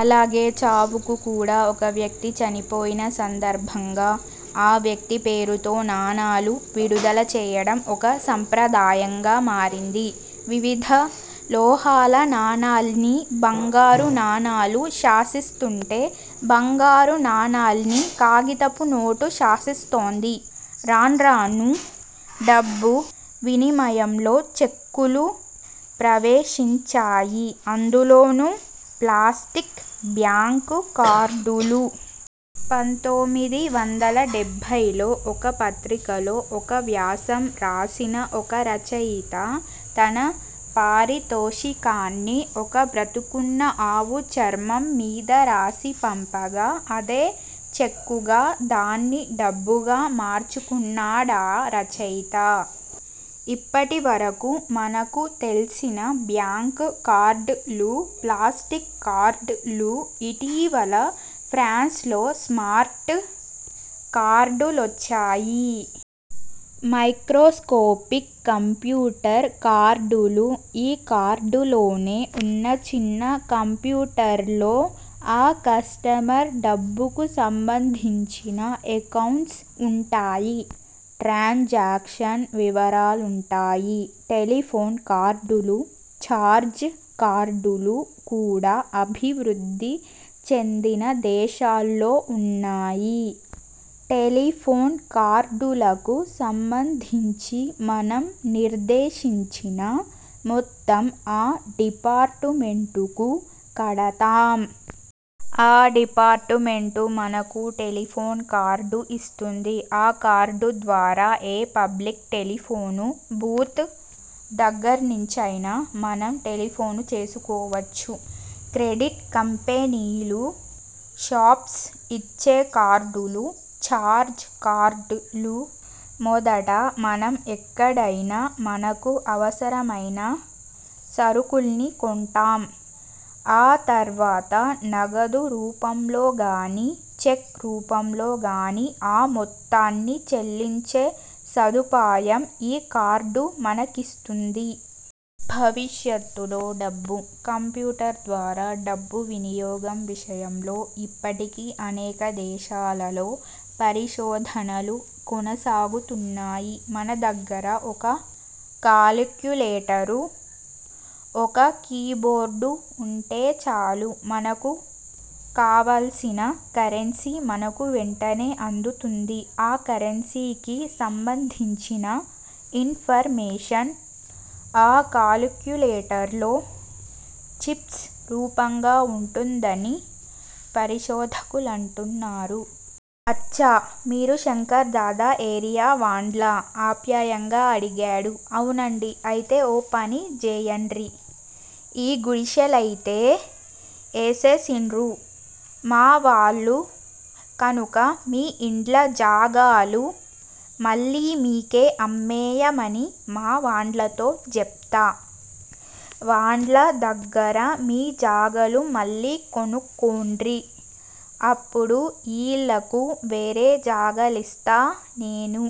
అలాగే చావుకు కూడా. ఒక వ్యక్తి చనిపోయిన సందర్భంగా ఆ వ్యక్తి పేరుతో నాణాలు విడుదల చేయడం ఒక సంప్రదాయంగా మారింది. వివిధ లోహాల నాణాల్ని బంగారు నాణాలు శాసిస్తుంటే, బంగారు నాణాల్ని, కాగితపు నోటు శాసిస్తోంది. రాన్రానూ డబ్బు వినిమయంలో చెక్కులు ప్రవేశించాయి. అందులోనూ ప్లాస్టిక్ బ్యాంక్ కార్డులు. పంతోమిది వందల డెబ్భై లో ఒక పత్రికలో ఒక వ్యాసం రాసిన ఒక రచయిత, తన పారితోషికాన్ని, ఒక బ్రతికున్న ఆవు చర్మం మీద రాసి పంపగా అదే చెక్కుగా, దాన్ని డబ్బుగా మార్చుకున్నాడా రచయిత. ఇప్పటివరకూ మనకు తెల్సిన బ్యాంక్ కార్డ్ లు, ప్లాస్టిక్ కార్డ్ లు, ఇటీవల ఫ్రాన్స్ లో స్మార్ట్ కార్డులొచ్చాయి. మైక్రోస్కోపిక్ కంప్యూటర్ కార్డులు ఈ కార్డులోనే వున్న చిన్న కంప్యూటర్లో, ఆ కస్టమర్ డబ్బుకు సంబంధించిన ఎకౌంట్స్ వుంటాయి. ట్రాన్ జాక్షన్ వివరాలుంటాయి. టెలిఫోన్ కార్డులు, ఛార్జ్ కార్డులు కూడా అభివృద్ధి చెందిన దేశాల్లో వున్నాయి. టెలిఫోన్ కార్డులకు సంబంధించి, మనం నిర్దేశించిన మొత్తం ఆ డిపార్టుమెంటుకు కడతాం. ఆ డిపార్టుమెంటు మనకు టెలిఫోన్ కార్డు ఇస్తుంది. ఆ కార్డుద్వారా ఏ పబ్లిక్ టెలిఫోను బూత్ దగ్గర్నించైనా మనం టెలిఫోను చేసుకోవచ్చు. క్రెడిట్ కంపెనీలు, షాప్స్ యిచ్చే కార్డులు ఛార్జ్ కార్డ్ లు. మొదట మనం ఎక్కడైనా మనకు అవసరమైన సరుకుల్ని కొంటాం. ఆ తర్వాత నగదు రూపంలోగానీ, చెక్ రూపంలోగానీ ఆ మొత్తాన్ని చెల్లించే సదుపాయం ఈ కార్డు మనకిస్తుంది. భవిష్యత్తులో డబ్బు: కంప్యూటర్ ద్వారా, డబ్బు వినియోగం విషయంలో యిప్పటికీ అనేక దేశాలలో పరిశోధనలు కొనసాగుతున్నాయి. మన దగ్గర ఒక కాలిక్యులేటరు, ఒక కీ బోర్డు వుంటే చాలు. మనకు కావల్సిన కరెన్సీ మనకు వెంటనే అందుతుంది. ఆ కరెన్సీకి సంబంధించిన ఇన్ ఫర్ మేషన్ ఆ కాలిక్యులేటర్లో చిప్స్ రూపంగా వుంటుందని పరిశోధకులంటున్నారు. అచ్చా! మీరు శంకర్ దాదా ఏరియా వాండ్లా? ఆప్యాయంగా అడిగాడు. అవునండీ అయితే ఓపని జేయండ్రి. ఈ గుడిశెలయితే ఏసేసిన్రు మా వాళ్ళు! కనుక మీ ఇండ్ల జాగాలు మళ్ళీమీకే అమ్మేయమని మా వాండ్లతో జెప్తా. వాండ్ల దగ్గర మీజాగాలు మళ్ళీ కొనుక్కోండ్రి అప్పుడు ఈళ్ళకు వేరే జాగాలిస్తా నేను.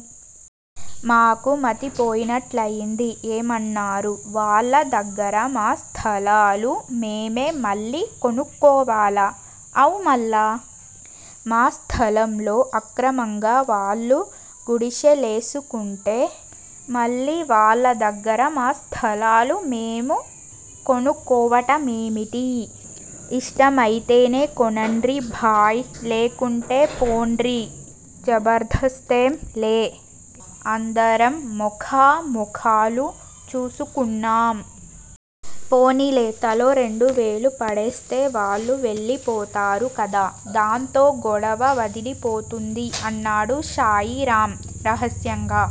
మాకు మతిపోయినట్లయింది. ఏమన్నారు? వాళ్ళ దగ్గర మా స్థలాలు మేమే మళ్ళీ కొనుక్కోవాలా? అవ్ మళ్ళా! మా స్థలంలో అక్రమంగా వాళ్ళు గుడిశె లేసుకుంటే మళ్ళీ వాళ్ళ దగ్గర మా స్థలాలు మేము కొనుక్కోవట మేమిటి? ఇష్టమయితేనే కొనండ్రి భాయ్! లేకుంటే పోండ్రి! జబర్ధస్తేం లే అందరం మొఖామొఖాలు చూసుకున్నాం. పోనీలే! తలో రెండు వేలూ పడేస్తే వాళ్ళు వెళ్లిపోతారు కదా! దాంతో గొడవ వదిలిపోతుంది అన్నాడు శాయిరామ్ రహస్యంగా.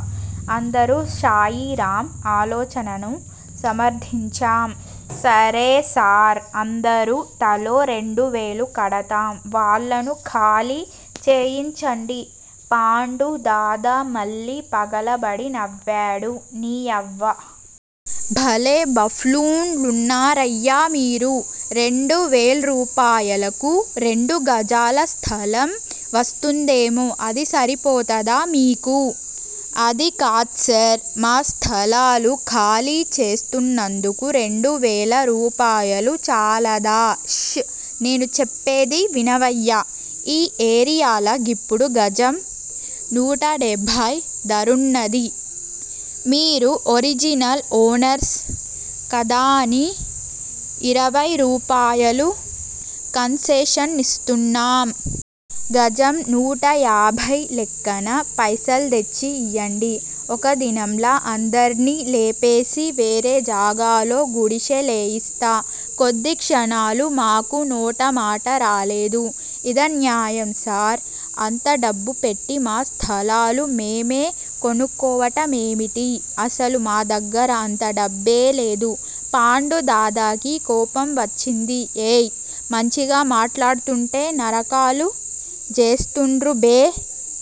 అందరూ శాయిరామ్ ఆలోచనను సమర్ధించాం. సరే సార్! అందరం తలో రెండువేలూ కడతాం! వాళ్ళను ఖాళీ చేయించండి పాండూ దాద మళ్ళీ పగలబడి నవ్వాడు. నీయవ్వ! భలే బఫ్లూన్లున్నారయ్యా మీరు. రెండువేల్రూపాయలకు రెండు గజాల స్థలం వస్తుందేమో! అది సరిపోతదా మీకు? అది కాద్సార్ మా స్థలాలు ఖాళీ చేస్తున్నందుకు రెండువేల రూపాయలు చాలదా? ష్! నేను చెప్పేది వినవయ్యా! ఈ ఏరియాల గిప్పుడు గజం నూటడెభై ధరున్నది. మీరు ఒరిజినల్ ఓనర్స్ కదాని ఇరవై రూపాయలు కన్సెషనిస్తున్నాం! గజం నూట యాభై లెక్కన పైసల్దెచ్చి ఇయ్యండి. ఒక్కదినంల అందర్నీ లేపేసి వేరే జాగాలో గుడిశె లేయిస్తా! కొద్ది క్షణాలు మాకు నోటమాట రాలేదు. ఇదన్యాయం సార్! అంత డబ్బు పెట్టి మా స్థలాలు మేమే కొనుక్కోవట మేమిటి? అసలు మాదగ్గర అంత డబ్బేలేదు పాండూ దాదాకి కోపం వచ్చింది. ఏయ్! మంచిగా మాట్లాడ్తుంటే నరకాలు జేస్తున్రు బే!